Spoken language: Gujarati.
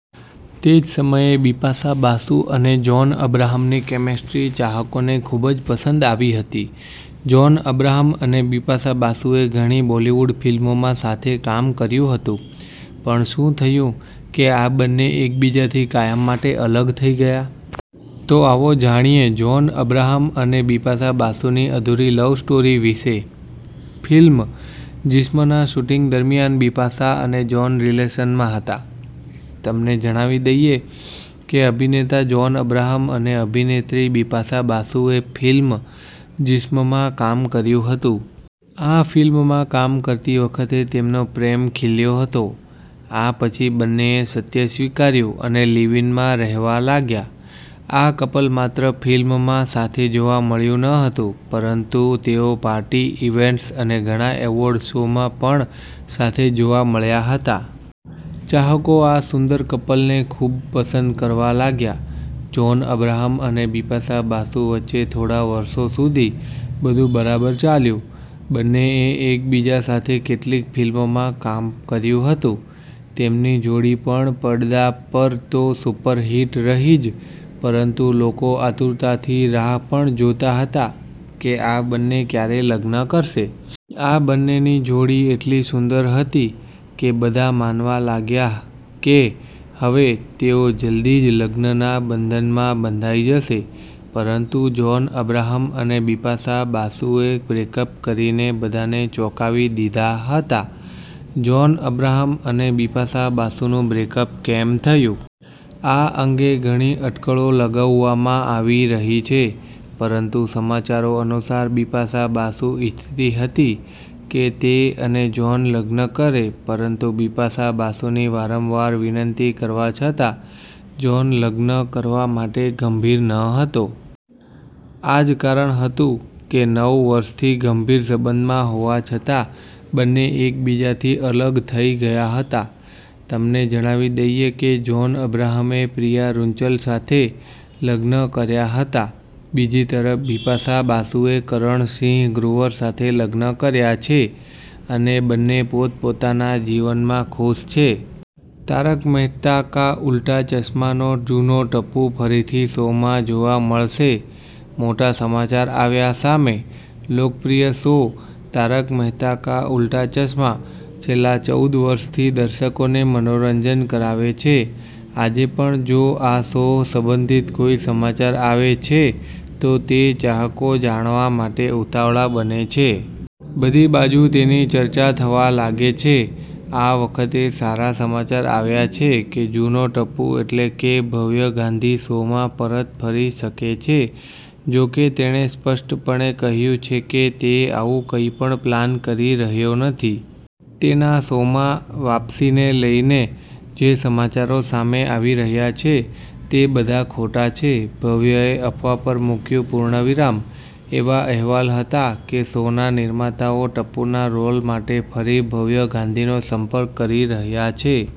તે જ સમયે, બિપાશા બાસુ અને જોન અબ્રાહમની કેમેસ્ટ્રી ચાહકોને ખૂબ જ પસંદ આવી હતી.જોન અબ્રાહમ અને બિપાશા બાસુએ ઘણી બોલિવૂડ ફિલ્મોમાં સાથે કામ કર્યું હતું. પણ શું થયું કે આ બંને એકબીજાથી કાયમ માટે અલગ થઈ ગયા. તો આવો જાણીએ જોન અબ્રાહમ અને બિપાશા બાસુની અધૂરી લવ સ્ટોરી વિશે. ફિલ્મ 'જિસ્મ'ના શૂટિંગ દરમિયાન બિપાશા અને જોન રીલેશન મા હતા. તમને જણાવી દઈએ કે અભિનેતા જોન અબ્રાહમ અને અભિનેત્રી બિપાશા બાસુએ ફિલ્મ "જિસ્મ " માં કામ કર્યું હતું. આ ફિલ્મમાં કામ કરતી વખતે તેમનો પ્રેમ ખીલ્યો હતો. આ પછી બંનેએ સત્ય સ્વીકાર્યું અને લિવ-ઈનમાં રહેવા લાગ્યા. આ કપલ માત્ર ફિલ્મમાં સાથે જોવા મળ્યું ન હતું, પરંતુ તેઓ પાર્ટી ઈવેન્ટ્સ અને ઘણા એવોર્ડ શોમાં પણ સાથે જોવા મળ્યા હતા. ચાહકો આ સુંદર કપલને ખૂબ પસંદ કરવા લાગ્યા. જોન અબ્રાહમ અને બિપાશા બાસુ વચ્ચે થોડા વર્ષો સુધી બધું બરાબર ચાલ્યું. બંનેએ એકબીજા સાથે કેટલીક ફિલ્મોમાં કામ કર્યું હતું. તેમની જોડી પણ પડદા પર તો સુપરહિટ રહી જ પરંતુ લોકો આતુરતાથી રાહ પણ જોતા હતા કે આ બંને ક્યારે લગ્ન કરશે. આ બંનેની જોડી એટલી સુંદર હતી કે બધા માનવા લાગ્યા કે હવે તેઓ જલ્દી જ લગ્નના બંધનમાં બંધાઈ જશે. પરંતુ જોન અબ્રાહમ અને બિપાશા બાસુએ બ્રેકઅપ કરીને બધાને ચોંકાવી દીધા હતા. જોન અબ્રાહમ અને બિપાશા બાસુનું બ્રેકઅપ કેમ થયું. આ અંગે ઘણી અટકળો લગાવવામાં આવી રહી છે, પરંતુ સમાચારો અનુસાર, બિપાશા બાસુ ઈચ્છતી હતી કે તે અને જોન લગ્ન કરે પરંતુ બિપાશા બાસુની વારંવાર વિનંતી કરવા છતાં જોન લગ્ન કરવા માટે ગંભીર ન હતો. આ જ કારણ હતું કે નવ વર્ષથી ગંભીર સંબંધમાં હોવા છતાં બંને એકબીજાથી અલગ થઈ ગયા હતા. તમને જણાવી દઈએ કે જોન અબ્રાહમે પ્રિયા રૂંચલ સાથે લગ્ન કર્યા હતા. બીજી તરફ, બિપાશા બાસુએ કરણ સિંહ ગ્રોવર સાથે લગ્ન કર્યા છે અને બંને પોતપોતાના જીવનમાં ખુશ છે. 'તારક મહેતા કા ઉલ્ટા ચશ્મા' નો જુનો ટપ્પુ ફરીથી શોમાં જોવા મળશે? મોટા સમાચાર આવ્યા સામે. લોકપ્રિય શો 'તારક મહેતા કા ઉલ્ટા ચશ્મા' છેલ્લા ચૌદ વર્ષથી દર્શકોને મનોરંજન કરાવે છે. આજે પણ જો આ શો સંબંધિત કોઈ સમાચાર આવે છે તો તે ચાહકો જાણવા માટે ઉતાવળા બને છે. બધી બાજુ તેની ચર્ચા થવા લાગે છે. આ વખતે સારા સમાચાર આવ્યા છે કે જુનો ટપ્પુ એટલે કે ભવ્ય ગાંધી શોમાં પરત ફરી શકે છે. જો કે, તેણે સ્પષ્ટપણે કહ્યું છે કે તે આવું કંઈપણ પ્લાન કરી રહ્યો નથી. તેના શોમાં વાપસીને લઈને જે સમાચારો સામે આવી રહ્યા છે તે બધા ખોટા છે. ભવ્યએ અફવા પર મુક્યું પૂર્ણવિરામ: એવા અહેવાલ હતા કે શોના નિર્માતાઓ ટપ્પુના રોલ માટે ફરી ભવ્ય ગાંધીનો સંપર્ક કરી રહ્યા છે.